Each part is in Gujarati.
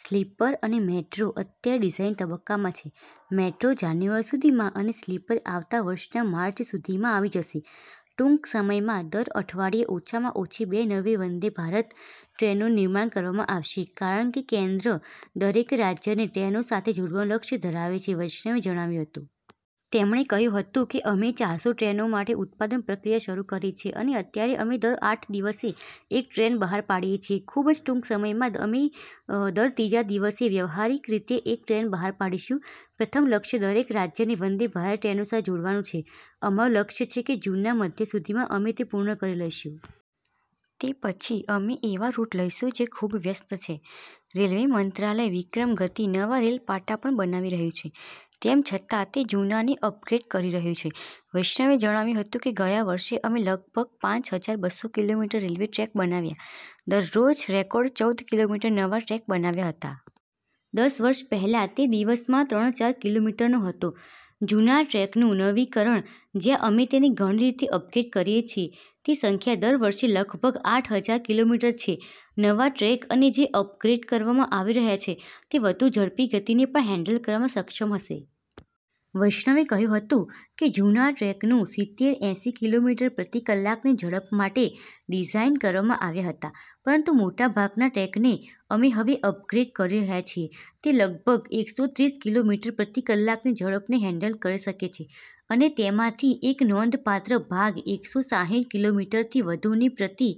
સ્લીપર અને મેટ્રો અત્યારે ડિઝાઇન તબક્કામાં છે. મેટ્રો જાન્યુઆરી સુધીમાં અને સ્લીપર આવતા વર્ષના માર્ચ સુધીમાં આવી જશે. ટૂંક સમયમાં, દર અઠવાડિયે ઓછામાં ઓછી બે નવી વંદે ભારત ટ્રેનોનું નિર્માણ કરવામાં આવશે કારણ કે કેન્દ્ર દરેક રાજ્યને ટ્રેનો સાથે જોડવાનું લક્ષ્ય ધરાવે છે, વૈષ્ણવે જણાવ્યું હતું. તેમણે કહ્યું હતું કે, "અમે ચારસો ટ્રેનો માટે ઉત્પાદન પ્રક્રિયા શરૂ કરી છે અને અત્યારે અમે દર આઠ દિવસે એક ટ્રેન બહાર પાડીએ છીએ. ખૂબ જ ટૂંક સમયમાં અમે દર ત્રીજા દિવસે વ્યવહારીક રીતે એક ટ્રેન બહાર પાડીશું, પ્રથમ લક્ષ્ય દરેક રાજ્યને વંદે ભારત ટ્રેનો સાથે જોડવાનું છે, અમારું લક્ષ્ય છે કે જૂનના મધ્ય સુધીમાં અમે તે પૂર્ણ કરી લઈશું. તે પછી અમે એવા રૂટ લઈશું જે ખૂબ વ્યસ્ત છે. " રેલ્વે મંત્રાલય વિક્રમ ગતિ નવા રેલ પાટા પણ બનાવી રહ્યું છે, તેમ છતાં તે જૂનાને અપગ્રેડ કરી રહ્યું છે, વૈષ્ણવે જણાવ્યું હતું કે, "ગયા વર્ષે, અમે લગભગ પાંચ હજાર બસ્સો કિલોમીટર રેલ્વે ટ્રેક બનાવ્યા, દરરોજ રેકોર્ડ ચૌદ કિલોમીટર નવા ટ્રેક બનાવ્યા હતા. દસ વર્ષ પહેલાં, તે દિવસમાં ત્રણ-ચાર કિલોમીટરનો હતો, જૂના ટ્રેકનું નવીકરણ, જ્યાં અમે તેને ઘણી રીતે અપગ્રેડ કરીએ છીએ, તે સંખ્યા દર વર્ષે લગભગ આઠ હજાર કિલોમીટર છે. " નવા ટ્રેક અને જે અપગ્રેડ કરવામાં આવી રહ્યા છે તે વધુ ઝડપી ગતિને પણ હેન્ડલ કરવામાં સક્ષમ હશે. વૈષ્ણવે કહ્યું હતું કે, "જૂના ટ્રેકને સિત્તેર-એંસી કિલોમીટર પ્રતિ કલાકની ઝડપ માટે ડિઝાઇન કરવામાં આવ્યા હતા, પરંતુ મોટા ભાગના ટ્રેકને અમે હવે અપગ્રેડ કરી રહ્યા છીએ, તે લગભગ એકસો ત્રીસ કિલોમીટર પ્રતિ કલાકની ઝડપને હેન્ડલ કરી શકે છે અને તેમાંથી એક નોંધપાત્ર ભાગ એકસો સાઈઠ કિલોમીટરથી વધુની પ્રતિ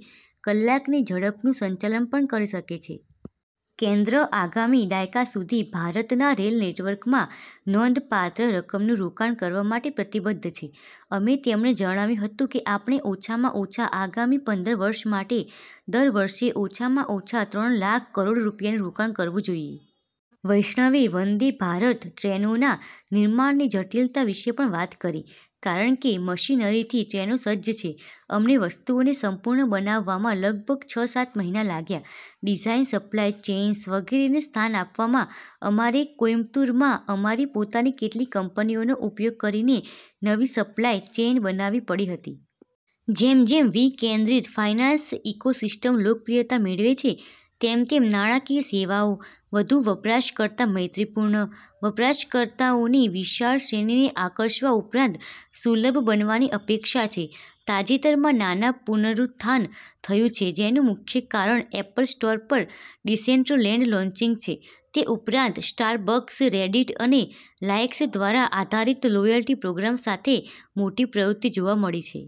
કલાકની ઝડપનું સંચાલન પણ કરી શકે છે. કેન્દ્ર આગામી દાયકા સુધી ભારતના રેલ નેટવર્કમાં નોંધપાત્ર રકમનું રોકાણ કરવા માટે પ્રતિબદ્ધ છે, એમ તેમણે જણાવ્યું હતું કે, "આપણે ઓછામાં ઓછા આગામી પંદર વર્ષ માટે દર વર્ષે ઓછામાં ઓછા ત્રણ લાખ કરોડ રૂપિયાનું રોકાણ કરવું જોઈએ. " વૈષ્ણવે વંદે ભારત ટ્રેનોના નિર્માણની જટિલતા વિશે પણ વાત કરી, કારણ કે મશીનરીથી ટ્રેનો સજ્જ છે. "અમને વસ્તુઓને સંપૂર્ણ બનાવવામાં લગભગ છ-સાત મહિના લાગ્યા, ડિઝાઇન, સપ્લાય ચેઇન્સ વગેરેને સ્થાન આપવામાં, અમારે કોઇમ્બતુરમાં અમારી પોતાની કેટલીક કંપનીઓનો ઉપયોગ કરીને નવી સપ્લાય ચેઇન બનાવવી પડી હતી. જેમ જેમ વિકેન્દ્રિત ફાઇનાન્સ ઇકોસિસ્ટમ લોકપ્રિયતા મેળવે છે, તેમ તેમ નાણાકીય સેવાઓ વધુ વપરાશકર્તા-મૈત્રીપૂર્ણ, વપરાશકર્તાઓની વિશાળ શ્રેણીને આકર્ષવા ઉપરાંત સુલભ બનવાની અપેક્ષા છે. " તાજેતરમાં નાના પુનરુત્થાન થયું છે જેનું મુખ્ય કારણ એપલ સ્ટોર પર ડીસેન્ટ્રલેન્ડ લોન્ચિંગ છે, તે ઉપરાંત સ્ટારબક્સ, રેડિટ અને લાઇક્સ દ્વારા -આધારિત લોયલ્ટી પ્રોગ્રામ્સ સાથે મોટી પ્રવૃત્તિ જોવા મળી છે.